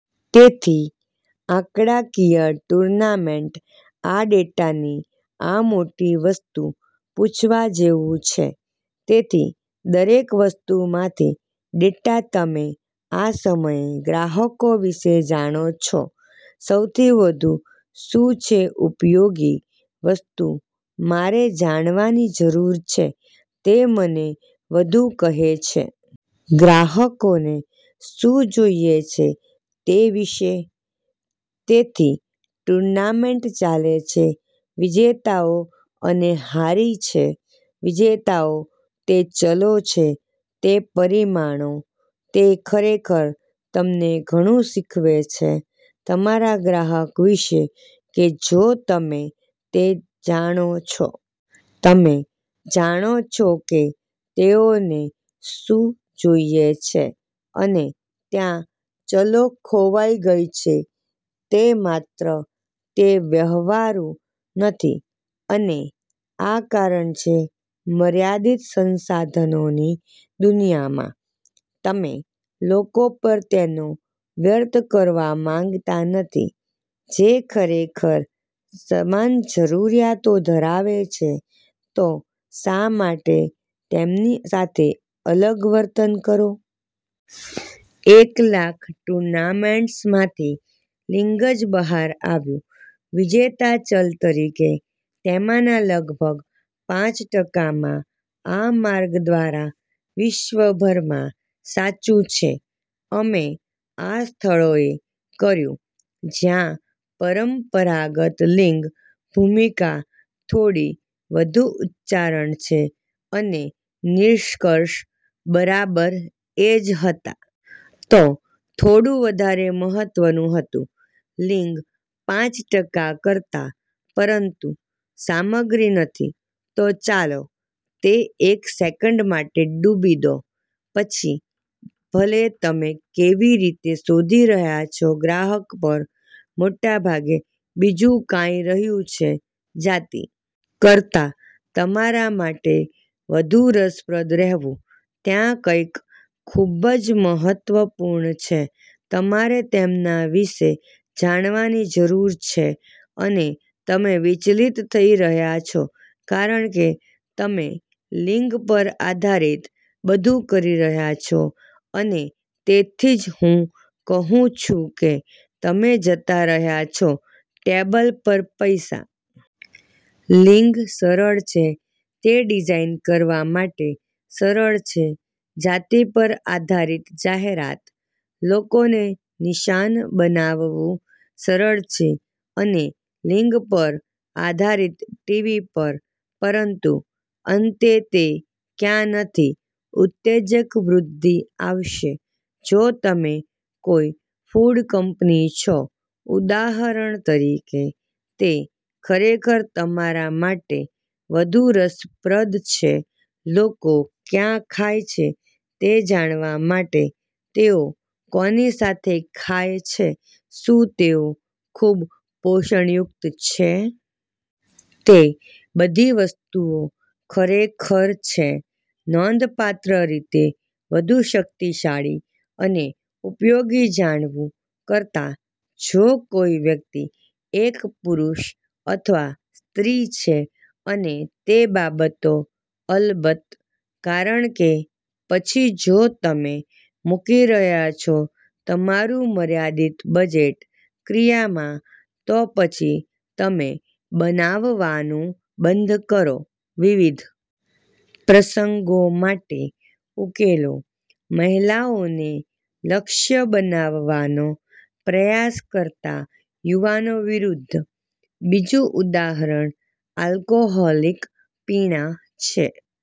તેથી આંકડાકીય ટૂર્નામેન્ટ આ ડેટાની આ મોટી વસ્તુ પૂછવા જેવું છે, તેથી દરેક વસ્તુમાંથી ડેટા તમે આ સમયે ગ્રાહકો વિશે જાણો છો, સૌથી વધુ શું છે ઉપયોગી વસ્તુ મારે જાણવાની જરૂર છે, તે મને વધુ કહે છે. ગ્રાહકોને શું જોઈએ છે તે વિશે? તેથી ટૂર્નામેન્ટ ચાલે છે વિજેતાઓ અને હારી છે. વિજેતાઓ તે ચલો છે, તે પરિમાણો, તે ખરેખર તમને ઘણું શીખવે છે તમારા ગ્રાહક વિશે, કે જો તમે તે જાણો છો. તમે જાણો છો કે તેઓને શું જોઈએ છે અને ત્યાં ચલો ખોવાઈ ગઈ છે તે માત્ર તે વ્યવહારુ નથી અને આ કારણ છે મર્યાદિત સંસાધનોની દુનિયામાં, તમે લોકો પર તેનો વ્યર્થ કરવા માંગતા નથી ,જે ખરેખર સમાન જરૂરિયાતો ધરાવે છે ,તો શા માટે તેમની સાથે અલગ વર્તન કરો? એક લાખ ટુર્નામેન્ટ્સમાંથી, લિંગ જ બહાર આવ્યું. વિજેતા ચલ તરીકે તેમાંના લગભગ પાંચ ટકામાં આ માર્ગ દ્વારા, વિશ્વભરમાં સાચું છે. અમે આ સ્થળોએ કર્યું જ્યાં પરંપરાગત લિંગ ભૂમિકા થોડી વધુ ઉચ્ચારણ છે અને નિષ્કર્ષ બરાબર એ જ હતા. તે થોડું વધારે મહત્વનું હતું. લિંગ પાંચ ટકા કરતા, પરંતુ સામગ્રી નથી. તો ચાલો તે એક સેકંડ માટે ડૂબી દો. પછી ભલે તમે કેવી રીતે શોધી રહ્યાં છો ગ્રાહક પર, મોટા ભાગે બીજું કાંઈ રહ્યું છે .જાતિ કરતાં તમારા માટે વધુ રસપ્રદ રહેવું. ત્યાં કંઈક ખૂબ જ મહત્વપૂર્ણ છે. તમારે તેમના વિશે જાણવાની જરૂર છે અને તમે વિચલિત થઈ રહ્યાં છો, કારણ કે તમે લિંગ પર આધારીત બધું કરી રહ્યા છો અને તેથી જ હું કહું છું કે તમે જતા રહ્યા છો ટેબલ પર પૈસા. લિંગ સરળ છે. તે ડિઝાઇન કરવા માટે સરળ છે, જાતિ પર આધારીત જાહેરાત, લોકોને નિશાન બનાવવું સરળ છે અને લિંગ પર આધારિત ટીવી પર, પરંતુ અંતે તે ક્યાં નથી ઉત્તેજક વૃદ્ધિ આવશે. જો તમે કોઈ ફૂડ કંપની છો, ઉદાહરણ તરીકે, તે ખરેખર તમારા માટે વધુ રસપ્રદ છે લોકો ક્યાં ખાય છે તે જાણવા માટે, તેઓ કોની સાથે ખાય છે, શું તેઓ ખૂબ પોષણયુક્ત છે? તે બધી વસ્તુઓ ખરેખર છે નોંધપાત્ર રીતે વધુ શક્તિશાળી અને ઉપયોગી જાણવું કરતાં જો કોઈ વ્યક્તિ એક પુરુષ અથવા સ્ત્રી છે અને તે બાબતો અલબત્ત, કારણ કે પછી જો તમે મૂકી રહ્યાં છો તમારું મર્યાદિત બજેટ ક્રિયામાં, તો પછી તમે બનાવવાનું બંધ કરો .વિવિધ પ્રસંગો માટે ઉકેલો મહિલાઓને લક્ષ્ય બનાવવાનો પ્રયાસ કરતાં યુવાનો વિરુદ્ધ. બીજું ઉદાહરણ આલ્કોહોલિક પીણાં છે.